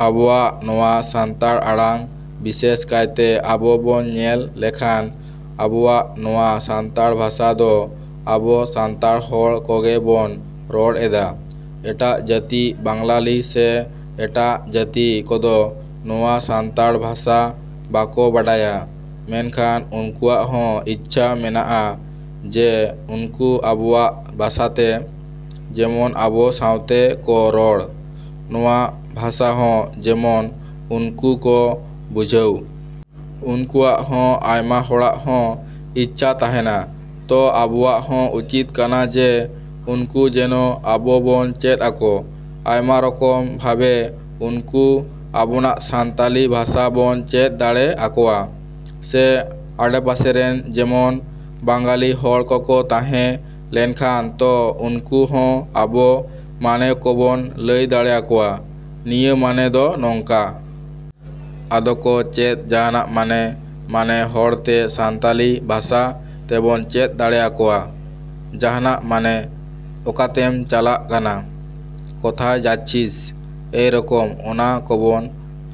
ᱟᱵᱚᱣᱟᱜ ᱱᱚᱶᱟ ᱥᱟᱱᱛᱟᱲ ᱟᱲᱟᱝ ᱵᱤᱥᱮᱥ ᱠᱟᱭᱛᱮ ᱟᱵᱚ ᱵᱚᱱ ᱧᱮᱞ ᱞᱮᱠᱷᱟᱱ ᱟᱵᱚᱣᱟᱜ ᱱᱚᱶᱟ ᱥᱟᱱᱛᱟᱲ ᱵᱷᱟᱥᱟ ᱫᱚ ᱟᱵᱚ ᱥᱟᱱᱛᱟᱲ ᱦᱚᱲ ᱠᱚᱜᱮ ᱵᱚᱱ ᱨᱚᱲ ᱮᱫᱟ᱾ ᱮᱴᱟᱜ ᱡᱟᱹᱛᱤ ᱵᱟᱝᱞᱟᱞᱤ ᱥᱮ ᱮᱴᱟᱜ ᱡᱟᱹᱛᱤ ᱠᱚᱫᱚ ᱱᱚᱶᱟ ᱥᱟᱱᱛᱟᱲ ᱵᱷᱟᱥᱟ ᱵᱟᱠᱚ ᱵᱟᱰᱟᱭᱟ, ᱢᱮᱱᱠᱷᱟᱱ ᱩᱱᱠᱩᱣᱟᱜ ᱦᱚᱸ ᱤᱪᱪᱷᱟ ᱢᱮᱱᱟᱜᱼᱟ ᱡᱮ ᱩᱱᱠᱩ ᱟᱵᱚᱣᱟᱜ ᱵᱷᱟᱥᱟᱛᱮ ᱡᱮᱢᱚᱱ ᱟᱵᱚ ᱥᱟᱶᱛᱮ ᱠᱚ ᱨᱚᱲ, ᱱᱚᱶᱟ ᱵᱷᱟᱥᱟᱦᱚᱸ ᱡᱮᱢᱚᱱ ᱩᱱᱠᱩ ᱠᱚ ᱵᱩᱡᱷᱟᱹᱣ᱾ ᱩᱱᱠᱩᱣᱟᱜ ᱦᱚᱸ ᱟᱭᱢᱟ ᱦᱚᱲᱟᱜ ᱦᱚᱸ ᱤᱪᱪᱷᱟ ᱛᱟᱦᱮᱱᱟ᱾ ᱛᱚ ᱟᱵᱚᱣᱟᱜ ᱦᱚᱸ ᱩᱪᱤᱛ ᱠᱟᱱᱟ ᱡᱮ ᱩᱱᱠᱩ ᱡᱮᱱᱚ ᱟᱵᱚ ᱵᱚᱱ ᱪᱮᱫ ᱟᱠᱚ᱾ ᱟᱭᱢᱟ ᱨᱚᱠᱚᱢ ᱵᱷᱟᱵᱮ ᱩᱱᱠᱩ ᱟᱵᱚᱱᱟᱜ ᱥᱟᱱᱛᱟᱞᱤ ᱵᱷᱟᱥᱟ ᱵᱚᱱ ᱪᱮᱫ ᱫᱟᱲᱮ ᱟᱠᱚᱣᱟ᱾ ᱥᱮ ᱟᱰᱮᱯᱟᱥᱮᱨᱮᱱ ᱡᱮᱢᱚᱱ ᱵᱟᱝᱜᱟᱞᱤ ᱦᱚᱲ ᱠᱚᱠᱚ ᱛᱟᱦᱮᱸ ᱞᱮᱱᱠᱷᱟᱱ ᱛᱚ ᱩᱱᱠᱩ ᱦᱚᱸ ᱟᱵᱚ ᱢᱟᱱᱮ ᱠᱚᱵᱚᱱ ᱞᱟᱹᱭ ᱫᱟᱲᱮ ᱟᱠᱚᱣᱟ ᱱᱤᱭᱟᱹ ᱢᱟᱱᱮ ᱫᱚ ᱱᱚᱝᱠᱟ᱾ ᱟᱫᱚ ᱠᱚ ᱪᱮᱫ ᱡᱟᱦᱟᱱᱟᱜ ᱢᱟᱱᱮ ᱢᱟᱱᱮ ᱦᱚᱲᱛᱮ ᱥᱟᱱᱛᱟᱞᱤ ᱵᱷᱟᱥᱟ ᱛᱮᱵᱚᱱ ᱪᱮᱫ ᱫᱟᱲᱮ ᱟᱠᱚᱣᱟ᱾ ᱡᱟᱦᱟᱱᱟᱜ ᱢᱟᱱᱮ 'ᱚᱠᱟᱛᱮᱢ ᱪᱟᱞᱟᱜ ᱠᱟᱱᱟ? ' 'ᱠᱳᱛᱷᱟᱭ ᱡᱟᱪᱪᱷᱤᱥ' ᱮᱭ ᱨᱚᱠᱚᱢ ᱚᱱᱟ ᱠᱚᱵᱚᱱ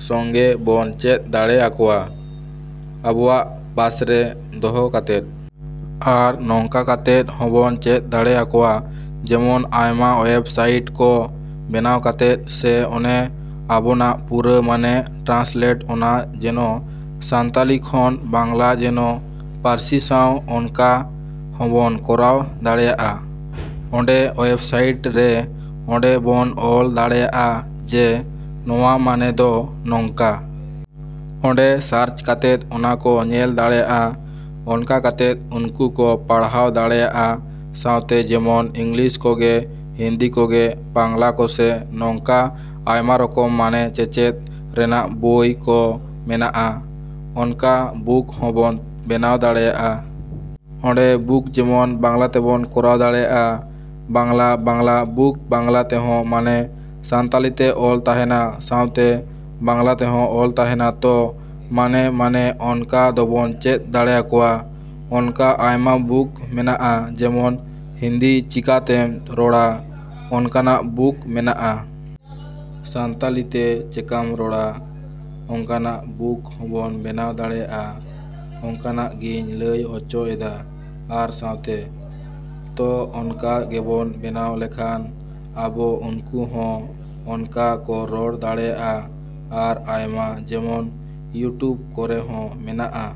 ᱥᱚᱝᱜᱮ ᱵᱚᱱ ᱪᱮᱫ ᱫᱟᱲᱮ ᱟᱠᱚᱣᱟᱜ ᱟᱵᱚᱣᱟᱜ ᱯᱟᱥᱨᱮ ᱫᱚᱦᱚ ᱠᱟᱛᱮᱫ᱾ ᱟᱨ ᱱᱚᱝᱠᱟ ᱠᱟᱛᱮᱫ ᱦᱚᱵᱚᱱ ᱪᱮᱫ ᱫᱟᱲᱮᱭ ᱟᱠᱚᱣᱟ ᱡᱮᱢᱚᱱ ᱟᱭᱢᱟ ᱳᱭᱮᱵᱽ ᱥᱟᱭᱤᱴ ᱠᱚ ᱵᱮᱱᱟᱣ ᱠᱟᱛᱮᱫ ᱥᱮ ᱚᱱᱮ ᱟᱵᱚᱱᱟᱜ ᱯᱩᱨᱟᱹ ᱢᱟᱱᱮ ᱴᱨᱟᱱᱥᱞᱮᱴ ᱚᱱᱟ ᱡᱮᱱᱚ ᱥᱟᱱᱛᱟᱞᱤ ᱠᱷᱚᱱ ᱵᱟᱝᱞᱟ ᱡᱮᱱᱚ ᱯᱟᱹᱨᱥᱤ ᱥᱟᱶ ᱚᱱᱠᱟ ᱦᱚᱵᱚᱱ ᱠᱚᱨᱟᱣ ᱫᱟᱲᱮᱭᱟᱜᱼᱟ᱾ ᱚᱸᱰᱮ ᱚᱭᱮᱵᱥᱟᱭᱤᱴ'ᱨᱮ ᱚᱸᱰᱮ ᱵᱚᱱ ᱚᱞ ᱫᱟᱲᱮᱭᱟᱜᱼᱟ ᱡᱮ ᱱᱚᱶᱟ ᱢᱟᱱᱮ ᱫᱚ ᱱᱚᱝᱠᱟ᱾ ᱚᱸᱰᱮ ᱥᱟᱨᱪ ᱠᱟᱛᱮᱫ ᱚᱱᱟ ᱠᱚ ᱧᱮᱞ ᱫᱟᱲᱮᱭᱟᱜᱼᱟ᱾ ᱚᱱᱠᱟ ᱠᱟᱛᱮᱫ ᱩᱱᱠᱩ ᱠᱚ ᱯᱟᱲᱦᱟᱣ ᱫᱟᱲᱮᱭᱟᱜᱼᱟ᱾ ᱥᱟᱶᱛᱮ ᱡᱮᱢᱚᱱ ᱤᱝᱞᱤᱥ ᱠᱚᱜᱮ, ᱦᱤᱱᱫᱤ ᱠᱚᱜᱮ, ᱵᱟᱝᱞᱟ ᱠᱚᱥᱮ ᱱᱚᱝᱠᱟ ᱟᱭᱢᱟ ᱨᱚᱠᱚᱢ ᱢᱟᱱᱮ ᱪᱮᱪᱮᱫ ᱨᱮᱱᱟᱜ ᱵᱳᱭ ᱠᱚ ᱢᱮᱱᱟᱜᱼᱟ᱾ ᱚᱱᱠᱟ ᱵᱩᱠ ᱦᱚᱸᱵᱚᱱ ᱵᱮᱱᱟᱣ ᱫᱟᱲᱮᱭᱟᱜᱼᱟ᱾ ᱚᱸᱰᱮ ᱵᱩᱠ ᱡᱮᱢᱚᱱ ᱵᱟᱝᱞᱟ ᱛᱮᱵᱚᱱ ᱠᱚᱨᱟᱣ ᱫᱟᱲᱮᱭᱟᱜᱼᱟ᱾ ᱵᱟᱝᱞᱟ ᱵᱟᱝᱞᱟ ᱵᱩᱠ ᱵᱟᱝᱞᱟ ᱛᱮᱦᱚᱸ ᱢᱟᱱᱮ ᱥᱟᱱᱛᱟᱞᱤᱛᱮ ᱚᱞ ᱛᱟᱦᱮᱱᱟ ᱥᱟᱶᱛᱮ ᱵᱟᱝᱞᱟ ᱛᱮᱦᱚᱸ ᱚᱞ ᱛᱟᱦᱮᱱᱟ ᱛᱚ ᱢᱟᱱᱮ ᱢᱟᱱᱮ ᱚᱱᱠᱟ ᱫᱚᱵᱚᱱ ᱪᱮᱫ ᱫᱟᱲᱮ ᱟᱠᱚᱣᱟ᱾ ᱚᱱᱠᱟ ᱟᱭᱢᱟ ᱵᱩᱠ ᱢᱮᱱᱟᱜᱼᱟ ᱡᱮᱢᱚᱱ 'ᱦᱤᱱᱫᱤ ᱪᱤᱠᱟᱛᱮᱢ ᱨᱚᱲᱟ' ᱚᱱᱠᱟᱱᱟᱜ ᱵᱩᱠ ᱢᱮᱱᱟᱜᱼᱟ᱾ 'ᱥᱟᱱᱛᱟᱞᱤᱛᱮ ᱪᱮᱠᱟᱢ ᱨᱚᱲᱟ' ᱚᱱᱠᱟᱱᱟᱜ ᱵᱩᱠ ᱦᱚᱵᱚᱱ ᱵᱮᱱᱟᱣ ᱫᱟᱲᱮᱭᱟᱜᱼᱟ᱾ ᱚᱱᱠᱟᱱᱟᱜ ᱜᱤᱧ ᱞᱟᱹᱭ ᱦᱚᱪᱚ ᱮᱫᱟ ᱟᱨ ᱥᱟᱶᱛᱮ᱾ ᱛᱚ ᱚᱱᱠᱟ ᱜᱮᱵᱚᱱ ᱵᱮᱱᱟᱣ ᱞᱮᱠᱷᱟᱱ ᱟᱵᱚ ᱩᱱᱠᱩ ᱦᱚᱸ ᱚᱱᱠᱟ ᱠᱚ ᱨᱚᱲ ᱫᱟᱲᱮᱭᱟᱜᱼᱟ᱾ ᱟᱨ ᱟᱭᱢᱟ ᱡᱮᱢᱚᱱ ᱤᱭᱩᱴᱩᱵᱽ ᱠᱚᱨᱮᱦᱚᱸ ᱢᱮᱱᱟᱜᱼᱟ᱾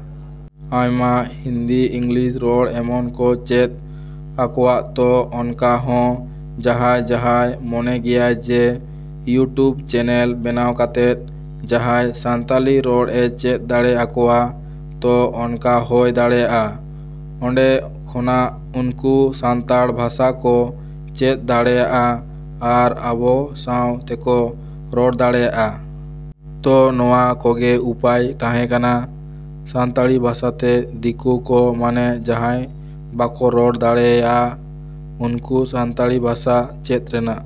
ᱟᱭᱢᱟ ᱦᱤᱱᱫᱤ ᱤᱝᱞᱤᱥ ᱨᱚᱲ ᱮᱢᱚᱱ ᱠᱚ ᱪᱮᱫ ᱟᱠᱚᱣᱟ ᱛᱚ ᱚᱱᱠᱟᱦᱚᱸ ᱡᱟᱦᱟᱭ ᱡᱟᱦᱟᱭ ᱢᱚᱱᱮ ᱜᱮᱭᱟᱭ ᱡᱮ ᱤᱭᱩᱴᱩᱵᱽ ᱪᱮᱱᱮᱞ ᱵᱮᱱᱟᱣ ᱠᱟᱛᱮᱫ ᱡᱟᱦᱟᱭ ᱥᱟᱱᱛᱟᱞᱤ ᱨᱚᱲ ᱮ ᱪᱮᱫ ᱫᱟᱲᱮ ᱟᱠᱚᱣᱟ ᱛᱚ ᱚᱱᱠᱟ ᱦᱳᱭ ᱫᱟᱲᱮᱭᱟᱜᱼᱟ᱾ ᱚᱸᱰᱮ ᱠᱷᱚᱱᱟᱜ ᱩᱱᱠᱩ ᱥᱟᱱᱛᱟᱲ ᱵᱷᱟᱥᱟ ᱠᱚ ᱪᱮᱫ ᱫᱟᱲᱮᱭᱟᱜᱼᱟ ᱟᱨ ᱟᱵᱚ ᱥᱟᱶ ᱛᱮᱠᱚ ᱨᱚᱲ ᱫᱟᱲᱮᱭᱟᱜᱼᱟ᱾ ᱛᱚ ᱱᱚᱶᱟ ᱠᱚᱜᱮ ᱩᱯᱟᱭ ᱛᱟᱦᱮᱸ ᱠᱟᱱᱟ ᱥᱟᱱᱛᱟᱲᱤ ᱵᱷᱟᱥᱟᱛᱮ ᱫᱤᱠᱳ ᱠᱚ ᱢᱟᱱᱮ ᱡᱟᱦᱟᱸᱭ ᱵᱟᱠᱚ ᱨᱚᱲ ᱫᱟᱲᱮᱭᱼᱟ ᱩᱱᱠᱩ ᱥᱟᱱᱛᱟᱲᱤ ᱵᱷᱟᱥᱟ ᱪᱮᱫ ᱨᱮᱱᱟᱜ᱾